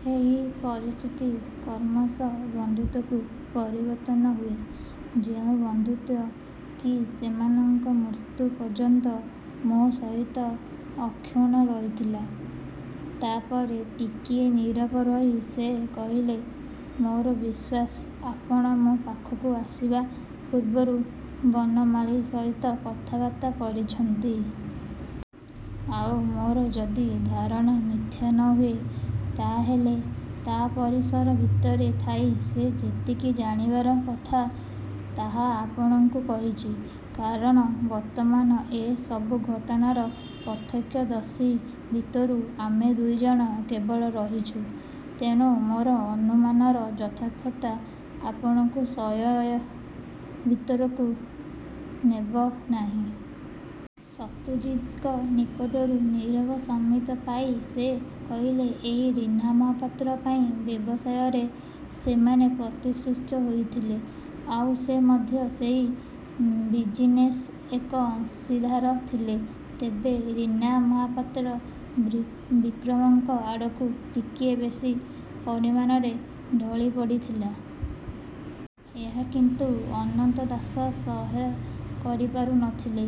ସେଇ ପରିଚିତ କ୍ରମଶଃ ବନ୍ଧୁତ୍ୱକୁ ପରିବର୍ତ୍ତନ ହୁଏ, ଯେଉଁ ବନ୍ଧୁତ୍ୱ କି ସେମାନଙ୍କ ମୃତ୍ୟୁ ପର୍ଯ୍ୟନ୍ତ ମୋ ସହିତ ଅକ୍ଷୁଣ୍ଣ ରହିଥିଲା। ' ତା'ପରେ ଟିକିଏ ନୀରବ ରହି ସେ କହିଲେ, 'ମୋର ବିଶ୍ୱାସ, ଆପଣ ମୋ ପାଖକୁ ଆସିବା ପୂର୍ବରୁ ବନମାଳୀ ସହିତ କଥାବାର୍ତ୍ତା କରିଛନ୍ତି। ଆଉ ମୋର ଯଦି ଧାରଣା ମିଥ୍ୟା ନ। ହୁଏ, ତାହେଲେ ତା' ପରିସର ଭିତରେ ଥାଇ ସେ ଯେତିକି ଜାଣିବାର କଥା, ତାହା ଆପଣଙ୍କୁ କହିଛି। କାରଣ ବର୍ତ୍ତମାନ ଏ ସବୁ ଘଟଣାର ପ୍ରତ୍ୟକ୍ଷଦର୍ଶୀ ଭିତରୁ ଆମେ ଦୁଇଜଣ କେବଳ ରହିଛୁଁ। ତେଣୁ ମୋର ଅନୁମାନର ଯଥାର୍ଥତା ଆପଣଙ୍କୁ ସଂଶୟ ଭିତରକୁ ନେବ ନାହିଁ। ' ଶତ୍ରୁଜିତଙ୍କ ନିକଟରୁ ନୀରବ ସମ୍ମତି ପାଇ ସେ କହିଲେ, 'ଏଇ ରୀନା ମହାପାତ୍ର ପାଇଁ ବ୍ୟବସାୟରେ ସେମାନେ ପ୍ରତିଷ୍ଠିତ ହୋଇଥିଲେ। ଆଉ ସେ ମଧ୍ୟ ସେଇ ବିଜିନେସ୍ରେ ଏକ ଅଂଶୀଦାର ଥିଲା। ତେବେ ରୀନା ମହାପାତ୍ର ବିକ୍ରମଙ୍କ ଆଡ଼କୁ ଟିକିଏ ବେଶୀ ପରିମାଣରେ ଢଳିପଡ଼ିଥିଲା। ଏହା କିନ୍ତୁ ଅନନ୍ତ ଦାସ ସହ୍ୟ କରିପାରୁ ନ ଥିଲେ।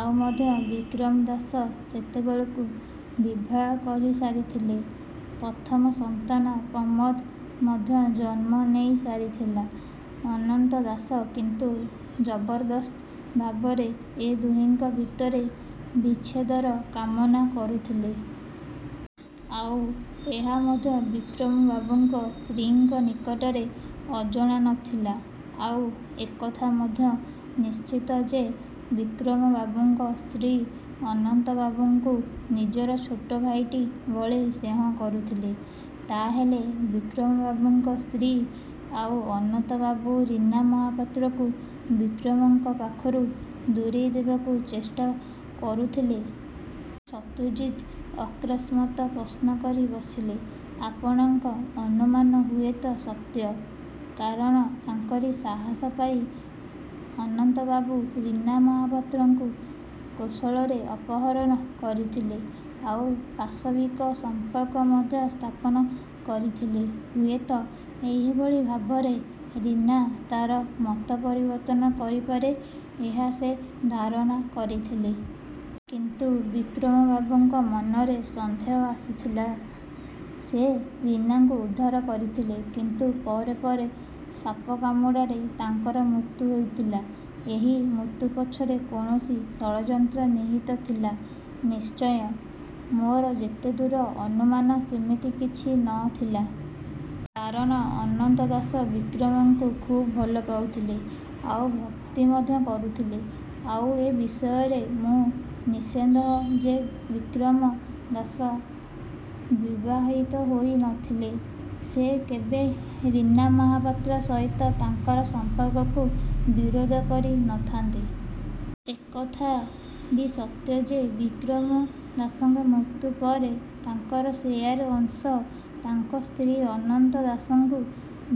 ଆଉ ମଧ୍ୟ ବିକ୍ରମ ଦାସ ସେତେବେଳକୁ ବିବାହ କରିସାରିଥିଲେ। ପ୍ରଥମ ସନ୍ତାନ ପ୍ରମୋଦ ମଧ୍ୟ ଜନ୍ମ ନେଇ ସାରିଥିଲା। ଅନନ୍ତ ଦାସ କିନ୍ତୁ ଜବରଦସ୍ତ ଭାବରେ ଏ ଦୁହିଁଙ୍କ ଭିତରେ ବିଚ୍ଛେଦର କାମନା କରୁଥିଲେ। ଆଉ ଏହା ମଧ୍ୟ ବିକ୍ରମ ବାବୁଙ୍କ ସ୍ତ୍ରୀଙ୍କ ନିକଟରେ ଅଜଣା ନ ଥିଲା। ଆଉ ଏକଥା ମଧ୍ୟ ନିଶ୍ଚିତ ଯେ, ବିକ୍ରମବାବୁଙ୍କ ସ୍ତ୍ରୀ ଅନନ୍ତବାବୁଙ୍କୁ ନିଜର ଛୋଟ ଭାଇଟି ଭଳି ସ୍ନେହ କରୁଥିଲେ। ' 'ତା'ହେଲେ ବିକ୍ରମବାବୁଙ୍କ ସ୍ତ୍ରୀ ଆଉ ଅନନ୍ତବାବୁ ରୀନା ମହାପାତ୍ରକୁ ବିକ୍ରମଙ୍କ ପାଖରୁ ଦୂରେଇଦେବାକୁ ଚେଷ୍ଟା କରୁଥିଲେ? ' ଶତ୍ରୁଜିତ୍ ଅକସ୍ମାତ ପ୍ରଶ୍ନ କରି ବସିଲେ। 'ଆପଣଙ୍କ ଅନୁମାନ ହୁଏତ ସତ୍ୟ। କାରଣ ତାଙ୍କରି ସାହସ ପାଇ ଅନନ୍ତବାବୁ ରୀନା ମହାପାତ୍ରକୁ କୌଶଳରେ ଅପହରଣ କରିଥିଲେ, ଆଉ ପାଶବିକ ସଂପର୍କ ମଧ୍ୟ ସ୍ଥାପନ କରିଥିଲେ-। ହୁଏତ ଏହିଭଳି ଭାବରେ ରୀନା ତା'ର ମତ ପରିବର୍ତ୍ତନ କରିପାରେ, ଏହା ସେ ଧାରଣା କରିଥିଲେ। କିନ୍ତୁ ବିକ୍ରମବାବୁଙ୍କ ମନରେ ସନ୍ଦେହ ଆସିଥିଲା। ସେ ରୀନାଙ୍କୁ ଉଦ୍ଧାର କରିଥିଲେ-। କିନ୍ତୁ ପରେ ପରେ ସାପକାମୁଡ଼ାରେ ତାଙ୍କର ମୃତ୍ୟୁ ହୋଇଥିଲା। ' 'ଏହି ମୃତ୍ୟୁ ପଛରେ କୌଣସି ଷଡ଼ଯନ୍ତ୍ର ନିହିତ ଥିଲା ନିଶ୍ଚୟ? ' 'ମୋର ଯେତେଦୂର ଅନୁମାନ, ସେମିତି କିଛି ନ ଥିଲା। କାରଣ ଅନନ୍ତ ଦାସ ବିକ୍ରମଙ୍କୁ ଖୁବ୍ ଭଲ ପାଉଥିଲେ ଆଉ ଭକ୍ତି ମଧ୍ୟ କରୁଥିଲେ। ଆଉ ଏ ବିଷୟରେ ମୁଁ ନିଃସନ୍ଦେହ ଯେ ବିକ୍ରମ ଦାସ ବିବାହିତ ହୋଇ ନ ଥିଲେ ସେ କେବେ ରୀନା ମହାପାତ୍ର ସହିତ ତାଙ୍କର ସମ୍ପର୍କକୁ ବିରୋଧ କରି ନ ଥାନ୍ତେ। 'ଏକଥା ବି ସତ୍ୟ ଯେ, ବିକ୍ରମ ଦାସଙ୍କ ମୃତ୍ୟୁ ପରେ ତାଙ୍କର ସେୟାର ଅଂଶ ତାଙ୍କ ସ୍ତ୍ରୀ ଅନନ୍ତ ଦାସଙ୍କୁ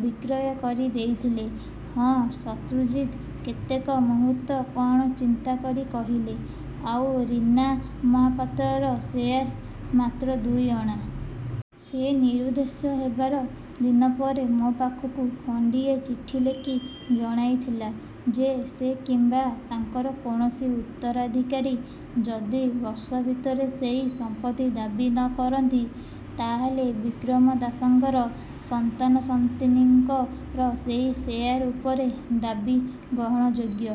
ବିକ୍ରୟ କରି ଦେଇଥିଲେ? ' 'ହଁ। ' ଶତ୍ରୁଜିତ କେତେକ ମୁହୂର୍ତ୍ତ କ'ଣ ଚିନ୍ତା କରି କହିଲେ, 'ଆଉ ରୀନା ମହାପାତ୍ରର ସେୟାର? ' 'ମାତ୍ର ଦୁଇଅଣା। ସେ ନିରୁଦ୍ଦେଶ୍ୟ ହେବାର। ଦିନ ପରେ ମୋ ପାଖକୁ ଖଣ୍ଡିଏ ଚିଠି ଲେଖି ଜଣାଇଥିଲା ଯେ, ସେ କିମ୍ବା ତାଙ୍କର କୌଣସି ଉତ୍ତରାଧିକାରୀ ଯଦି ବର୍ଷ ଭିତରେ ସେଇ ସମ୍ପତ୍ତି ଦାବୀ ନ କରନ୍ତି, ତା'ହେଲେ ବିକ୍ରମ ଦାସଙ୍କର ସନ୍ତାନସନ୍ତତିଙ୍କର ସେଇ ସେୟାର ଉପରେ ଦାବୀ ଗ୍ରହଣଯୋଗ୍ୟ